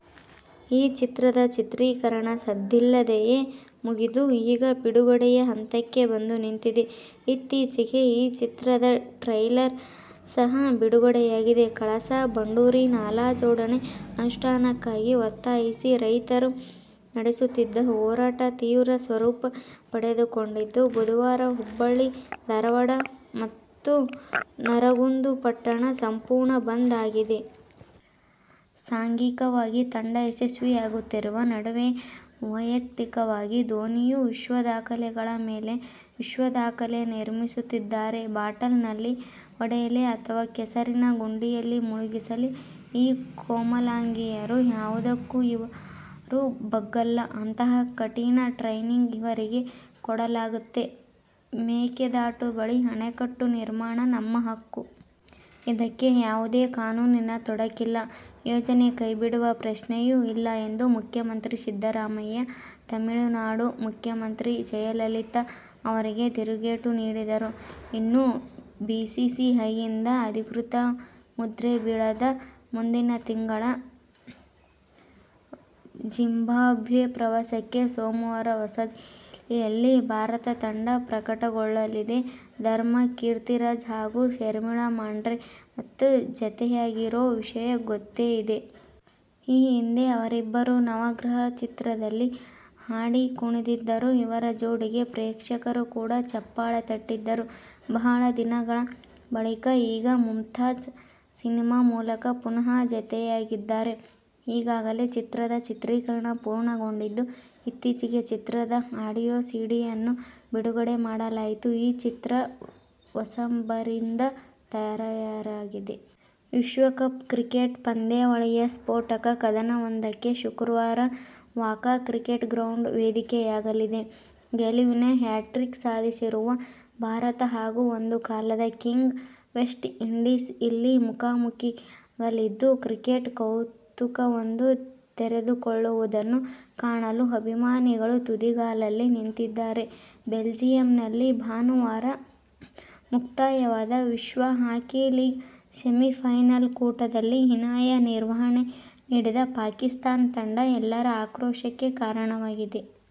ಈ ಚಿತ್ರದ ಚಿತ್ರೀಕರಣ ಸದ್ದಿಲ್ಲದೆಯೇ ಮುಗಿದು, ಈಗ ಬಿಡುಗಡೆಯ ಹಂತಕ್ಕೆ ಬಂದು ನಿಂತಿದೆ. ಇತ್ತೀಚೆಗೆ ಈ ಚಿತ್ರದ ಟ್ರೇಲರ್ ಸಹ ಬಿಡುಗಡೆಯಾಗಿದೆ. ಕಳಸಾ ಬಂಡೂರಿ ನಾಲಾ ಜೋಡಣೆ ಅನುಷ್ಠಾನಕ್ಕಾಗಿ ಒತ್ತಾಯಿಸಿ ರೈತರು ನಡೆಸುತ್ತಿದ್ದ ಹೋರಾಟ ತೀವ್ರ ಸ್ವರೂಪ ಪಡೆದುಕೊಂಡಿದ್ದು, ಬುಧವಾರ ಹುಬ್ಬಳ್ಳಿ, ಧಾರವಾಡ ಮತ್ತು ನರಗುಂದ ಪಟ್ಟಣ ಸಂಪೂರ್ಣ ಬಂದ್ ಆಗಿದೆ. ಸಾಂಘಿಕವಾಗಿ ತಂಡ ಯಶಸ್ವಿಯಾಗುತ್ತಿರುವ ನಡುವೆಯೇ ವೈಯಕ್ತಿಕವಾಗಿ ಧೋನಿಯೂ ವಿಶ್ವದಾಖಲೆಗಳ ಮೇಲೆ ವಿಶ್ವದಾಖಲೆ ನಿರ್ಮಿಸುತ್ತಿದ್ದಾರೆ. ಬಾಟಲ್ ನಲ್ಲಿ ಹೊಡೆಯಲಿ ಅಥವಾ ಕೆಸರಿನ ಗುಂಡಿಯಲ್ಲಿ ಮುಳುಗಿಸಲಿ.. ಈ ಕೋಮಲಾಂಗಿಯರು ಯಾವುದಕ್ಕೂ ಇವರು ಬಗ್ಗಲ್ಲ. ಅಂತಹ ಕಠಿಣ ಟ್ರೈನಿಂಗ್ ಇವರಿಗೆ ಕೊಡಲಾಗತ್ತೆ. "ಮೇಕೆದಾಟು ಬಳಿ ಅಣೆಕಟ್ಟು ನಿರ್ಮಾಣ ನಮ್ಮ ಹಕ್ಕು. ಇದಕ್ಕೆ ಯಾವುದೇ ಕಾನೂನಿನ ತೊಡಕಿಲ್ಲ. ಯೋಜನೆ ಕೈಬಿಡುವ ಪ್ರಶ್ನೆಯೂ ಇಲ್ಲ' ಎಂದು ಮುಖ್ಯಮಂತ್ರಿ ಸಿದ್ದರಾಮಯ್ಯ ತಮಿಳುನಾಡು ಮುಖ್ಯಮಂತ್ರಿ ಜಯಲಲಿತಾ ಅವರಿಗೆ ತಿರುಗೇಟು ನೀಡಿದರು. ಇನ್ನೂ ಬಿಸಿಸಿಐಯಿಂದ ಅಧಿಕೃತ ಮುದ್ರೆ ಬೀಳದ ಮುಂದಿನ ತಿಂಗಳ ಜಿಂಬಾಬ್ವೆ ಪ್ರವಾಸಕ್ಕೆ ಸೋಮವಾರ ಹೊಸದಿಲ್ಲಿಯಲ್ಲಿ ಭಾರತ ತಂಡ ಪ್ರಕಟಗೊಳ್ಳಲಿದೆ. ಧರ್ಮ ಕೀರ್ತಿರಾಜ್ ಹಾಗು ಶರ್ಮಿಳಾ ಮಾಂಡ್ರೆ ಮತ್ತೆ ಜತೆಯಾಗಿರೋ ವಿಷಯ ಗೊತ್ತೇ ಇದೆ. ಈ ಹಿಂದೆ ಅವರಿಬ್ಬರೂ "ನವಗ್ರಹ' ಚಿತ್ರದಲ್ಲಿ ಹಾಡಿ ಕುಣಿದಿದ್ದರು. ಇವರ ಜೋಡಿಗೆ ಪ್ರೇಕ್ಷಕರು ಕೂಡ ಚಪ್ಪಾಳೆ ತಟ್ಟಿದ್ದರು. ಬಹಳ ದಿನಗಳ ಬಳಿಕ ಈಗ "ಮುಮ್ತಾಜ್' ಸಿನಿಮಾ ಮೂಲಕ ಪುನಃ ಜತೆಯಾಗಿದ್ದಾರೆ. ಈಗಾಗಲೇ ಚಿತ್ರದ ಚಿತ್ರೀಕರಣ ಪೂರ್ಣಗೊಂಡಿದ್ದು, ಇತ್ತೀಚೆಗೆ ಚಿತ್ರದ ಆಡಿಯೋ ಸಿಡಿಯನ್ನು ಬಿಡುಗಡೆ ಮಾಡಲಾಯಿತು. ಈ ಚಿತ್ರ ಹೊಸಬರಿಂದ ತಯಾರಾಗಿದೆ. ವಿಶ್ವಕಪ್ ಕ್ರಿಕೆಟ್ ಪಂದ್ಯಾವಳಿಯ ಸ್ಫೋಟಕ ಕದನವೊಂದಕ್ಕೆ ಶುಕ್ರವಾರ "ವಾಕಾ ಕ್ರಿಕೆಟ್ ಗ್ರೌಂಡ್' ವೇದಿಕೆಯಾಗಲಿದೆ. ಗೆಲುವಿನ ಹ್ಯಾಟ್ರಿಕ್ ಸಾಧಿಸಿರುವ ಭಾರತ ಹಾಗೂ ಒಂದು ಕಾಲದ ಕಿಂಗ್ ವೆಸ್ಟ್ ಇಂಡೀಸ್ ಇಲ್ಲಿ ಮುಖಾಮುಖೀಯಾಗಲಿದ್ದು, ಕ್ರಿಕೆಟ್ ಕೌತುಕವೊಂದು ತೆರೆದುಕೊಳ್ಳುವುದನ್ನು ಕಾಣಲು ಅಭಿಮಾನಿಗಳು ತುದಿಗಾಲಲ್ಲಿ ನಿಂತಿದ್ದಾರೆ. ಬೆಲ್ಜಿಯಂನಲ್ಲಿ ಭಾನುವಾರ ಮುಕ್ತಾಯವಾದ ವಿಶ್ವ ಹಾಕಿ ಲೀಗ್ ಸೆಮಿಫೈನಲ್ ಕೂಟದಲ್ಲಿ ಹೀನಾಯ ನಿರ್ವಹಣೆ ನೀಡಿದ ಪಾಕಿಸ್ತಾನ ತಂಡ ಎಲ್ಲರ ಆಕ್ರೋಶಕ್ಕೆ ಕಾರಣವಾಗಿದೆ.